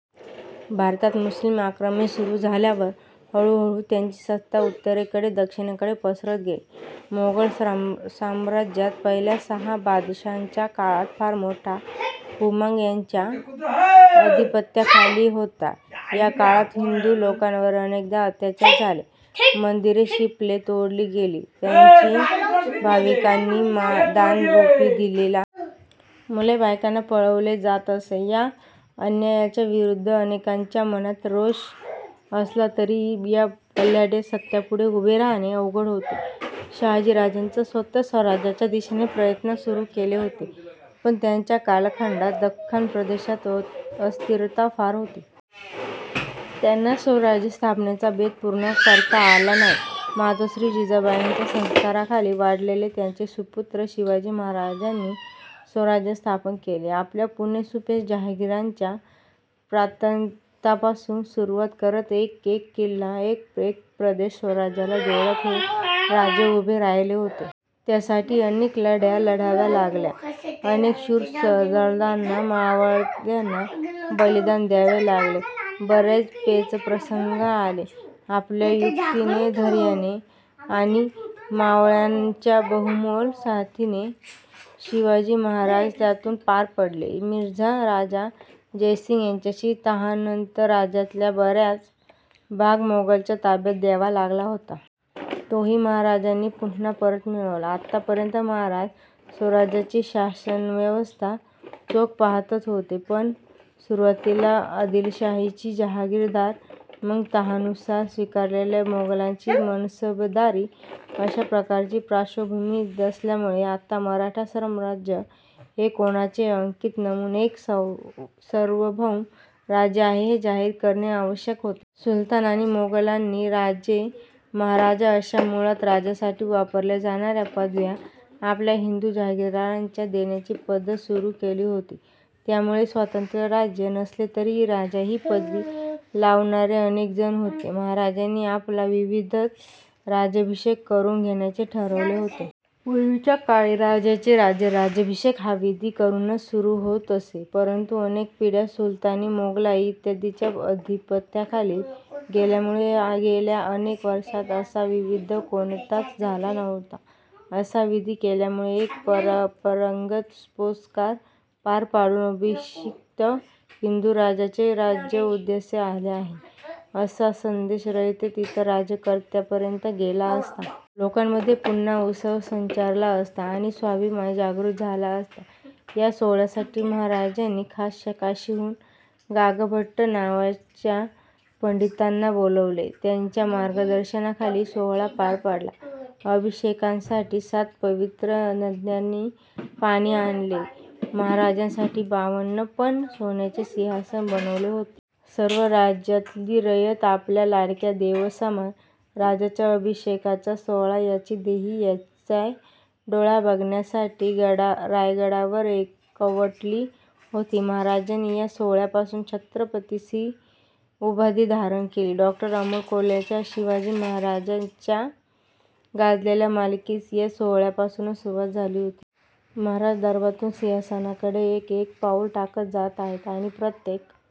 भारतात मुस्लिम आक्रमणे सुरु झाल्यावर हळू हळू त्यांची सत्ता उत्तरेकडून दक्षिणेकडे पसरत गेली. मोगल साम्राज्यात पहिल्या सहा बादशहांच्या काळात फार मोठा भूभाग त्यांच्या अधिपत्याखाली होता. याकाळात हिंदू लोकांवर अनेकदा अत्याचार झाले. मंदिरे, शिल्पे तोडली गेली, त्यांचा भाविकांनी दान रुपी दिलेला, देवांच्या दागिने वस्त्रे आदी संपत्तीचा ठेवा लुटला गेला. मुले, बायकांना पळवले जात असे. या अन्यायाच्या विरुद्ध अनेकांच्या मनात रोष असला तरी या बलाढ्य सत्तांपुढे उभे राहणे अवघड होते. शहाजीराजांनी स्वतः स्वराज्याच्या दिशेने प्रयत्न सुरु केले होते पण त्यांच्या कालखंडात दक्खन प्रदेशात अस्थिरता फार होती. त्यांना स्वराज्यस्थापनेचा बेत पूर्ण करता आला नाही. मातोश्री जिजाबाईंच्या संस्कारांखाली वाढलेले त्यांचे सुपुत्र शिवाजी महाराजांनी स्वराज्य स्थापन केले. आपल्या पुणे सुपे जहागिरीच्या प्रांतापासुन सुरूवात करत एक एक किल्ला, एक एक प्रदेश स्वराज्याला जोडत हे राज्य उभे राहिले होते. त्यासाठी अनेक लढाया लढाव्या लागल्या. अनेक शुर सरदारांना, मावळ्यांना बलिदान द्यावे लागले. बरेच पेचप्रसंग आले. आपल्या युक्तीने, धैर्याने आणि मावळ्यांच्या बहुमोल साथीने शिवाजी महाराज त्यातुन पार पडले. मिर्झा राजा जयसिंग याच्याशी तहानंतर स्वराज्यातला बराच भाग मोगलांच्या ताब्यात द्यावा लागला होता. तोही महाराजांनी पुन्हा परत मिळवला. आतापर्यंत महाराज स्वराज्याची शासनव्यवस्था चोख पाहतच होते. पण सुरुवातीला आदिलशाहीचे जहागीरदार, मग तहानुसार स्वीकारलेली मोगलांची मनसबदारी अशा प्रकारची पार्श्वभूमी असल्यामुळे आता मराठा साम्राज्य हे कोणाचे अंकित नसुन एक सार्वभौम राज्य आहे हे जाहीर करणे आवश्यक होते. सुलतान आणि मोगलांनी राजे, महाराजा अशा मुळात राजासाठी वापरल्या जाणाऱ्या पदव्या आपल्या हिंदू जहागीरदारांना देण्याची पद्धत सुरु केली होती. त्यामुळे स्वतंत्र राज्य नसले तरीही राजा हि पदवी लावणारे अनेकजण होते. महाराजांनी आपला विधिवत राज्याभिषेक करून घेण्याचे ठरवले. पूर्वीच्या काळी राजाचे राज्य राज्याभिषेक हा विधी करूनच सुरु होत असे. परंतु अनेक पिढ्या सुलतानी, मोगलाई इत्यादींच्या अधिपत्याखाली गेल्यामुळे गेल्या अनेक वर्षात असा विधी कोणाचाच झाला नव्हता. असा विधी केल्यामुळे एक परंपरागत सोपस्कार पार पाडुन, अभिषिक्त हिंदू राजाचे राज्य उदयास आले आहे असा संदेश रयतेत इतर राज्यकर्त्यांपर्यंत गेला असता. लोकांमध्ये पुन्हा उत्साह संचारला असता आणि स्वाभिमान जागृत झाला असता. या सोहळ्यासाठी महाराजांनी खास काशीहून गागाभट्ट नावाच्या पंडितांना बोलावले. त्यांच्या मार्गदर्शनाखाली सोहळा पार पडला. अभिषेकासाठी सात पवित्र नद्यांचे पाणी आणले होते. महाराजांसाठी बावन्न मण सोन्याचे सिंहासन बनवले होते. सर्व राज्यातली रयत आपल्या लाडक्या देवासमान राजाच्या अभिषेकाचा सोहळा याची देही याची डोळा बघण्यासाठी रायगडावर एकवटली होती. महाराजांनी या सोहळ्यापासुन छत्रपती हि उपाधी धारण केली. डॉ. अमोल कोल्हेंच्या शिवाजी महाराजांवरच्या गाजलेल्या मालिकेस या सोहळ्यापासुनच सुरुवात झाली होती. महाराज दरबारातुन सिंहासनाकडे एक एक पाऊल टाकत जात आहेत आणि प्रत्येक